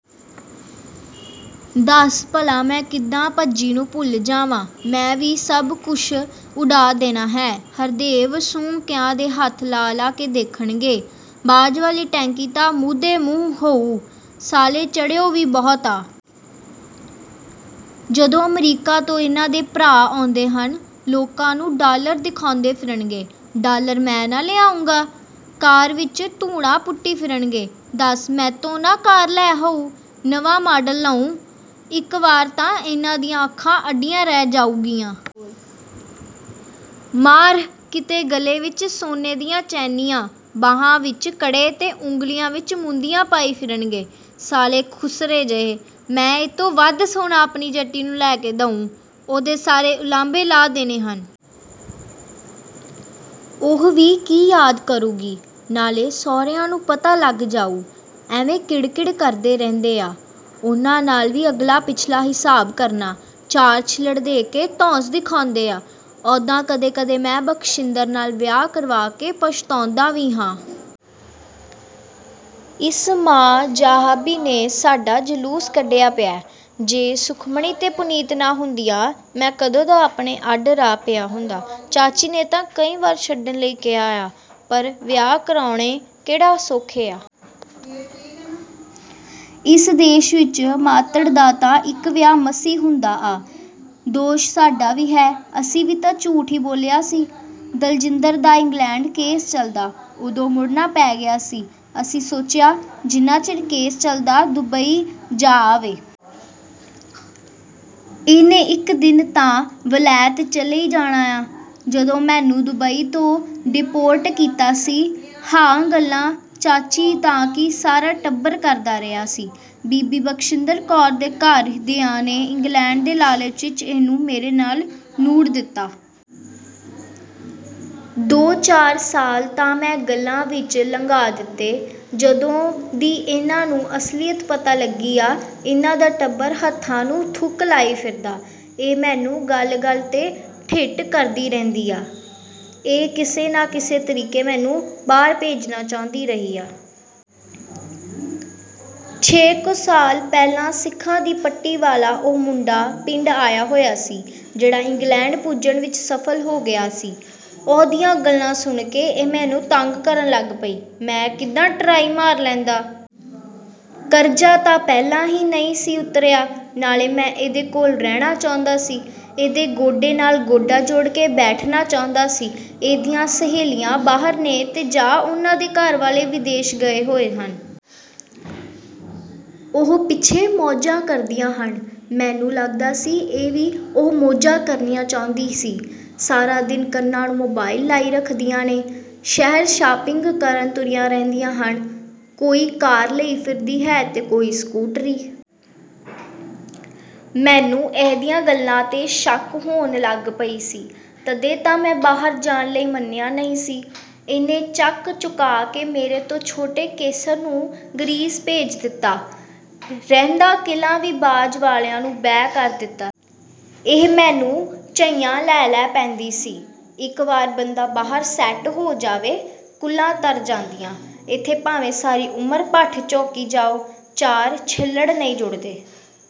ਦੱਸ ਭਲਾ ਮੈਂ ਕਿੱਦਾਂ ਭੱਜੀ ਨੂੰ ਭੁੱਲ ਜਾਵਾਂ। ਮੈਂ ਵੀ ਸੱਭ ਕੁੱਸ਼ ਉਡਾ ਦੇਣਾ ਹੈ। ਹਰਦੇਵ ਸੁੰਹ ਕਿਆਂ ਦੇ ਹੱਥ ਲਾ-ਲਾ ਕੇ ਦੇਖਣਗੇ। ਬਾਜ਼ ਵਾਲੀ ਟੈਂਕੀ ਤਾਂ ਮੂਧੇ ਮੂੰਹ ਹਊ। ਸਾਲੇ ਚੜਿਓ ਵੀ ਬਹੁਤ ਆ। ਜਦੋਂ ਅਮਰੀਕਾ ਤੋਂ ਇਨ੍ਹਾਂ ਦੇ ਭਰਾ ਆਉਂਦੇ ਹਨ। ਲੋਕਾਂ ਨੂੰ ਡਾਲਰ ਦਿਖੌਂਦੇ ਫ਼ਿਰਨਗੇ। ਡਾਲਰ ਮੈਂ ਨਾ ਲਿਆਉਂਗਾ? ਕਾਰ ਵਿੱਚ ਧੂੜਾਂ ਪੁੱਟੀ ਫਿਰਨਗੇ। ਦੱਸ ਮੈਤੋਂ ਨਾ ਕਾਰ ਲੈ ਹਊ। ਨਵਾਂ ਮਾਡਲ ਲਊਂ। ਇੱਕ ਵਾਰ ਤਾਂ ਇਨ੍ਹਾਂ ਦੀਆਂ ਅੱਖਾਂ ਅੱਡੀਆਂ ਰਹਿ ਜਾਊਗੀਆਂ। ਮਾਰ੍ਹ ਕਿਤੇ ਗਲੇ ਵਿੱਚ ਸੋਨੇ ਦੀਆਂ ਚੈਨੀਆਂ, ਬਾਹਾਂ ਵਿੱਚ ਕੜੇ ਤੇ ਉਂਗਲੀਆਂ ਵਿੱਚ ਮੁੰਦੀਆਂ ਪਾਈ ਫਿਰਨਗੇ। ਸਾਲੇ ਖੁਸਰੇ ਜਿਹੇ।… ਮੈਂ ਇਹਤੋਂ ਵੱਧ ਸੋਨਾ ਆਪਣੀ ਜੱਟੀ ਨੂੰ ਲੈ ਕੇ ਦਊਂ। ਉਹਦੇ ਸਾਰੇ ਉਲਾਂਭੇ ਲਾਹ ਦੇਣੇ ਹਨ। ਉਹ ਵੀ ਕੀ ਯਾਦ ਕਰੂੰਗੀ। ਨਾਲੇ ਸਹੁਰਿਆਂ ਨੂੰ ਪਤਾ ਲੱਗ ਜਾਊ। ਐਵੇਂ ਕਿੜ-ਕਿੜ ਕਰਦੇ ਰਹਿੰਦੇ ਆ। ਉਨ੍ਹਾਂ ਨਾਲ ਵੀ ਅਗਲਾ ਪਿਛਲਾ ਹਿਸਾਬ ਕਰਨਾ। ਚਾਰ ਛਿੱਲੜ ਦੇ ਕੇ ਧੌਂਸ ਦਿਖੌਂਦੇ ਆ। ਉੱਦਾਂ ਕਦੇ-ਕਦੇ ਮੈਂ ਬਖਸ਼ਿੰਦਰ ਨਾਲ ਵਿਆਹ ਕਰਵਾ ਕੇ ਪਛਤੋਂਦਾ ਵੀ ਹਾਂ। ਇਸ ਮਾਂ ਜਾਆਬ੍ਹੀ ਨੇੇ ਸਾਡਾ ਜਲੂਸ ਕੱਢਿਆ ਪਿਆ। ਜੇ ਸੁਖਮਣੀ ਤੇ ਪੁਨੀਤ ਨਾ ਹੁੰਦੀਆਂ। ਮੈਂ ਕਦੋਂ ਦਾ ਆਪਣੇ ਅੱਡ ਰਾਹ ਪਿਆ ਹੁੰਦਾ। ਚਾਚੀ ਨੇ ਤਾਂ ਕਈ ਵਾਰ ਛੱਡਣ ਲਈ ਕਿਹਾ ਆ। ਪਰ ਵਿਆਹ ਕਰਾਉੇਣੇ ਕਿਹੜਾ ਸੌਖੇ ਆ। ਇਸ ਦੇਸ਼ ਵਿੱਚ ਮਾਤ੍ਹੜ ਦਾ ਤਾਂ ਇੱਕ ਵਿਆਹ ਮਸੀਂ ਹੁੰਦਾ ਆ। ਦੋਸ਼ ਸਾਡਾ ਵੀ ਹੈ। ਅਸੀਂ ਵੀ ਤਾਂ ਝੂਠ ਈ ਬੋਲਿਆ ਸੀ। "ਦਲਜਿੰਦਰ ਦਾ ਇੰਗਲੈਂਡ ਕੇਸ ਚਲਦਾ। ਉਦੋਂ ਮੁੜਨਾ ਪੈ ਗਿਆ ਸੀ। ਅਸੀਂ ਸੋਚਿਆ, ਜਿੰਨਾ ਚਿਰ ਕੇਸ ਚਲਦਾ ਦੁਬਈ ਜਾ ਆਵੇ। ਇਹਨੇ ਇੱਕ ਦਿਨ ਤਾਂ ਵਲੈਤ ਚਲੇ ਈ ਜਾਣਾ ਆ। " ਜਦੋਂ ਮੈਨੂੰ ਦੁਬਈ ਤੋਂ ਡਿਪੋਰਟ ਕੀਤਾ ਸੀ। ਹਾਅ ਗੱਲਾਂ ਚਾਚੀ ਤਾਂ ਕੀ ਸਾਰਾ ਟੱਬਰ ਕਰਦਾ ਰਿਹਾ ਸੀ। ਬੀਬੀ ਬਖਸ਼ਿੰਦਰ ਕੌਰ ਦੇ ਘਰ ਦਿਆਂ ਨੇ ਇੰਗਲੈਂਡ ਦੇ ਲਾਲਚ ਵਿਚ ਇਹਨੂੰ ਮੇਰੇ ਨਾਲ ਨੂੜ ਦਿੱਤਾ। ਦੋ-ਚਾਰ ਸਾਲ ਤਾਂ ਮੈਂ ਗੱਲਾਂ ਵਿੱਚ ਲੰਘਾ ਦਿੱਤੇ। ਜਦੋਂ ਦੀ ਇਨ੍ਹਾਂ ਨੂੰ ਅਸਲੀਅਤ ਪਤਾ ਲੱਗੀ ਆ। ਇਨ੍ਹਾਂ ਦਾ ਟੱਬਰ ਹੱਥਾਂ ਨੂੰ ਥੁੱਕ ਲਾਈ ਫਿਰਦਾ। ਇਹ ਮੈਨੂੰ ਗੱਲ-ਗੱਲ 'ਤੇ ਠਿੱਠ ਕਰਦੀ ਰਹਿੰਦੀ ਆ। ਇਹ ਕਿਸੇ ਨਾ ਕਿਸੇ ਤਰੀਕੇ ਮੈਨੂੰ ਬਾਹਰ ਭੇਜਣਾ ਚਾਹੁੰਦੀ ਰਹੀ ਆ। ਛੇ ਕੁ ਸਾਲ ਪਹਿਲਾਂ ਸਿੱਖਾਂ ਦੀ ਪੱਟੀ ਵਾਲਾ ਉਹ ਮੁੰਡਾ ਪਿੰਡ ਆਇਆ ਹੋਇਆ ਸੀ, ਜਿਹੜਾ ਇੰਗਲੈਂਡ ਪੁੱਜਣ ਵਿੱਚ ਸਫ਼ਲ ਹੋ ਗਿਆ ਸੀ। ਉਹਦੀਆਂ ਗੱਲਾਂ ਸੁਣ ਕੇ, ਇਹ ਮੈਨੂੰ ਤੰਗ ਕਰਨ ਲੱਗ ਪਈ। ਮੈਂ ਕਿੱਦਾਂ ਟਰਾਈ ਮਾਰ ਲੈਂਦਾ? ਕਰਜ਼ਾ ਤਾਂ ਪਹਿਲਾਂ ਹੀ ਨਈਂ ਸੀ ਉਤਰਿਆ। ਨਾਲੇ ਮੈਂ ਇਹਦੇ ਕੋਲ ਰਹਿਣਾ ਚਾਹੁੰਦਾ ਸੀ। ਇਹਦੇ ਗੋਡੇ ਨਾਲ ਗੋਡਾ ਜੋੜ ਕੇ ਬੈਠਣਾ ਚਾਹੁੰਦਾ ਸੀ। ਇਹਦੀਆਂ ਸਹੇਲੀਆਂ ਬਾਹਰ ਨੇ ਤੇ ਜਾਂ ਉਨ੍ਹਾਂ ਦੇ ਘਰ ਵਾਲੇ ਵਿਦੇਸ਼ ਗਏ ਹੋਏ ਹਨ। ਉਹ ਪਿੱਛੇ ਮੌਜਾਂ ਕਰਦੀਆਂ ਹਨ। ਮੈਨੂੰ ਲੱਗਦਾ ਸੀ ਇਹ ਵੀ 'ਉਹ' ਮੌਜਾਂ ਕਰਨੀਆਂ ਚਾਹੁੰਦੀ ਸੀ। ਸਾਰਾ ਦਿਨ ਕੰਨਾਂ ਨੂੰ ਮੋਬਾਇਲ ਲਾਈ ਰੱਖਦੀਆਂ ਨੇ। ਸ਼ਹਿਰ ਸ਼ਾਪਿੰਗ ਕਰਨ ਤੁਰੀਆਂ ਰਹਿੰਦੀਆਂ ਹਨ। ਕੋਈ ਕਾਰ ਲਈ ਫਿਰਦੀ ਹੈ ਤੇ ਕੋਈ ਸਕੂਟਰੀ। ਮੈਨੂੰ ਇਹਦੀਆਂ ਗੱਲਾਂ 'ਤੇ ਸ਼ੱਕ ਹੋਣ ਲੱਗ ਪਈ ਸੀ। ਤਦੇ ਤਾਂ ਮੈਂ ਬਾਹਰ ਜਾਣ ਲਈ ਮੰਨਿਆ ਨਈਂ ਸੀ। ਇਹਨੇ ਚੱਕ ਚੁਕਾ ਕੇ ਮੇਰੇ ਤੋਂ ਛੋਟੇ ਕੇਸਰ ਨੂੰ ਗਰੀਸ ਭੇਜ ਦਿੱਤਾ। ਰਹਿੰਦਾ ਕਿੱਲਾ ਵੀ ਬਾਜ਼ ਵਾਲਿਆਂ ਨੂੰ ਬੈਅ ਕਰ ਦਿੱਤਾ ਸੀ। ਇਹ ਮੈਨੂੰ ਝਈਆਂ ਲੈ-ਲੈ ਪੈਂਦੀ ਸੀ। "ਇੱਕ ਵਾਰ ਬੰਦਾ ਬਾਹਰ ਸੈੱਟ ਹੋ ਜਾਵੇ। ਕੁੱਲਾਂ ਤਰ ਜਾਂਦੀਆਂ। ਇੱਥੇ ਭਾਵੇਂ ਸਾਰੀ ਉਮਰ ਭੱਠ ਝੋਕੀ ਜਾਓ, ਚਾਰ ਛਿੱਲੜ੍ਹ ਨਈਂ ਜੁੜਦੇ।